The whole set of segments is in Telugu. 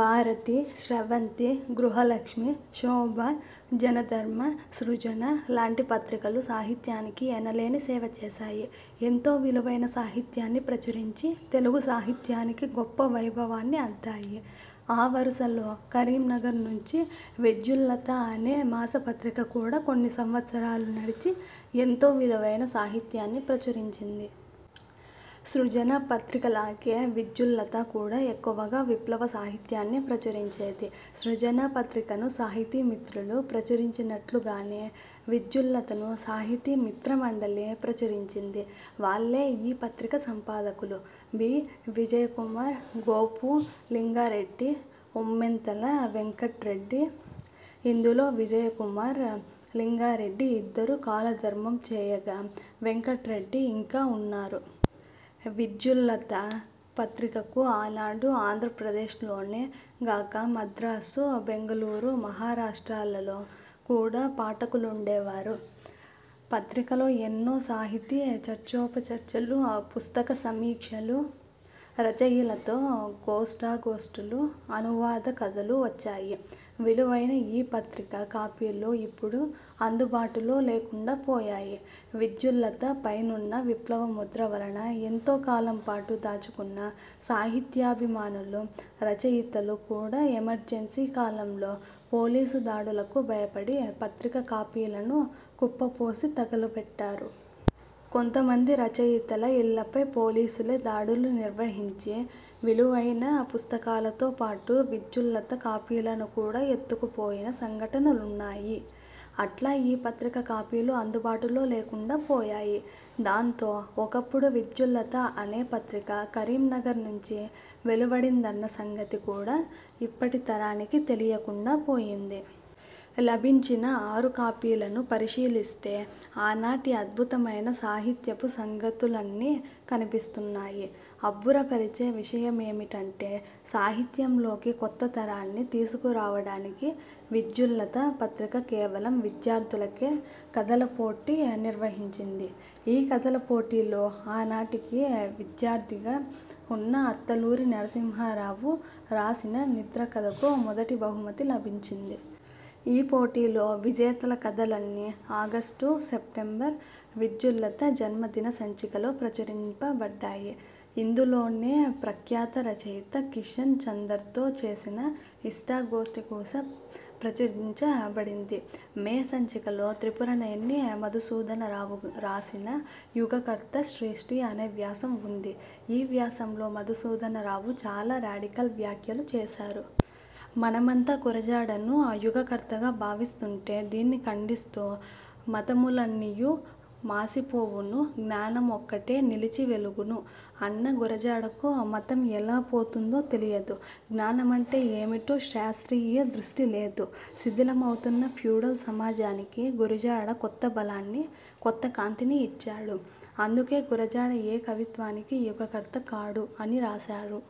భారతి, స్రవంతి, గృహలక్ష్మి, శోభ, జనధర్మ, సృజన లాంటి పత్రికలు సాహిత్యానికి ఎనలేని సేవచేశాయి. ఎంతో విలువైన సాహిత్యాన్ని ప్రచురించి తెలుగు సాహిత్యానికి గొప్ప వైభవాన్ని అద్దాయి. ఆ వరుసలో కరీంనగర్ నుంచి 'విద్యుల్లత' అనే మాస పత్రిక కూడా కొన్ని సంవత్సరాలు నడిచి ఎంతో విలువైన సాహిత్యాన్ని ప్రచురించింది. సృజన పత్రికలాగే విద్యుల్లత కూడా ఎక్కువగా విప్లవ సాహిత్యాన్నే ప్రచురించేది. సృజన పత్రికను 'సాహితీ మిత్రులు' ప్రచురించినట్లుగానే విద్యుల్లతను 'సాహితీ మిత్ర మండలి' ప్రచురిం చింది. వాళ్లే ఈ పత్రిక సంపాదకులు: బి. విజయకుమార్, గోపు లింగా రెడ్డి, ఉమ్మెంతల వెంకట్రెడ్డి. ఇందులో విజయకుమార్, లింగారెడ్డి ఇద్దరూ కాలధర్మం చేయగా, వెంకట్రెడ్డి ఇంకా ఉన్నారు. విద్యుల్లత పత్రికకు ఆనాడు ఆంధ్రప్రదేశ్లోనే గాక మద్రాసు, బెంగుళూరు, మహారాష్ట్రలలో కూడా పాఠకులుండేవారు. పత్రికలో ఎన్నో సాహితీ చర్చోపచర్చలు, పుస్తకసమీక్షలు, రచయిలతో ఇష్టాగోష్ఠులు, అనువాద కథలూ వచ్చాయి. విలువైన ఈ పత్రిక కాపీలు ఇప్పుడు అందు బాటులో లేకుండా పోయాయి. విద్యుల్లతపైనున్న విప్లవ ముద్ర వలన ఎంతో కాలంపాటు దాచుకున్న సాహిత్యాభిమానులు, రచయితలు కూడా ఎమర్జెన్సీ కాలంలో పోలీసు దాడులకు భయపడి పత్రిక కాపీలను కుప్పపోసి తగులబెట్టారు. కొంతమంది రచయితల ఇళ్లపై పోలీసులే దాడులు నిర్వహించి విలువైన పుస్తకాలతోపాటు విద్యుల్లత కాపీలను కూడా ఎత్తుకుపో యిన సంఘటనలున్నాయి. అట్లా ఈ పత్రిక కాపీలు అందుబాటులో లేకుండా పోయాయి. దాంతో ఒకప్పుడు విద్యుల్లత అనే పత్రిక కరీంనగర్ నుంచి వెలువడిందన్న సంగతి కూడా ఇప్పటి తరానికి తెలియకుండా పోయింది. లభించిన ఆరు కాపీలను పరిశీలిస్తే ఆనాటి అద్భుతమైన సాహిత్యపు సంగతులన్నీ కనిపిస్తున్నాయి. అబ్బురపరిచే విషయమేంటంటే సాహిత్యంలోకి కొత్త తరాన్ని తీసుకురావడానికి విద్యుల్లత పత్రిక కేవలం విద్యార్థులకే కథల పోటీ నిర్వహించింది. ఈ కథల పోటీలో ఆనాటికి విద్యార్థిగా ఉన్న అత్తలూరి నరసింహారావు రాసిన 'నిద్ర' కథకు మొదటి బహుమతి లభించింది. ఈ పోటీలో విజేతల కథలన్నీ ఆగష్టు-సెప్టెంబర్ విద్యుల్లత జన్మదిన సంచికలో ప్రచురింపబడ్డాయి. ఇందులోనే ప్రఖ్యాత రచయిత కిషన్ చందర్తో చేసిన ఇష్టాగోష్ఠి కోసం ప్రచురింపబడింది. మే సంచికలో త్రిపురనేని మధుసూధన రావు రాసిన 'యుగకర్త శ్రీశ్రీ' అనే వ్యాసం ఉంది. ఈ వ్యాసంలో మధుసూదన రావు చాలా రాడికల్ వ్యాఖ్యలు చేశారు. మనమంతా గురజాడను యుగకర్తగా భావిస్తుంటే దీన్ని ఖండిస్తూ '' 'మతములన్నియు మాసిపోవును, జ్ఞానమొక్కటె నిలిచి వెలుగును' అన్న గురజాడకు మతం ఎలా పోతుందో తెలియదు. జ్ఞానమంటే ఏమిటో శాస్త్రీయదృష్టి లేదు. శిథిలమవుతున్న ఫ్యూడల్ సమాజానికి గురజాడ కొత్తబలాన్ని, కొత్త కాంతిని ఇచ్చాడు. అందుకే గురజాడ ఏ కవిత్వానికి యుగకర్త కాడు'' అని రాశాడు.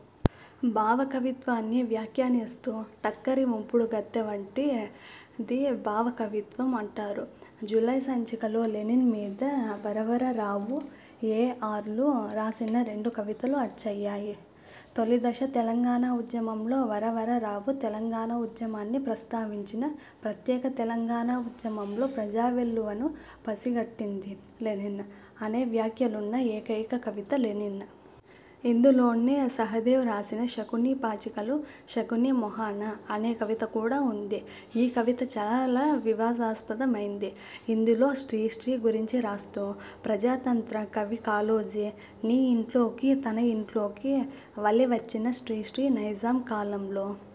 భావ కవిత్వాన్ని వ్యాఖ్యానిస్తూ ''టక్కరి ఉంపుడు గత్తె వంటిది భావకవిత్వం'' అంటారు. జూలై సంచికలో లెనిన్ మీద వరవరరావు, ఏ. ఆర్లు రాసిన రెండు కవితలు అచ్చయ్యాయి. తొలిదశ తెలంగాణ ఉద్యమంలో వరవరరావు తెలంగాణ ఉద్యమాన్ని ప్రస్తావించిన 'ప్రత్యేక తెలంగాణ ఉద్యమంలో/ ప్రజా వెల్లువను పసిగట్టింది లెనిన్' అనే వాక్యాలున్న ఏకైక కవిత 'లెనిన్'. ఇందులోనే సహదేవ్ రాసిన 'శకుని పాచికలు శకుని మొహాన' అనే కవిత కూడా ఉంది. ఈ కవిత చాలా వివాదాస్పదమైంది. ఇందులో శ్రీశ్రీ గురించి రాస్తూ ''ప్రజాతంత్ర కవి కాళోజీ, నీ ఇంట్లోకి తన ఇంట్లోకి వలె వచ్చిన శ్రీశ్రీ నైజాం కాలంలో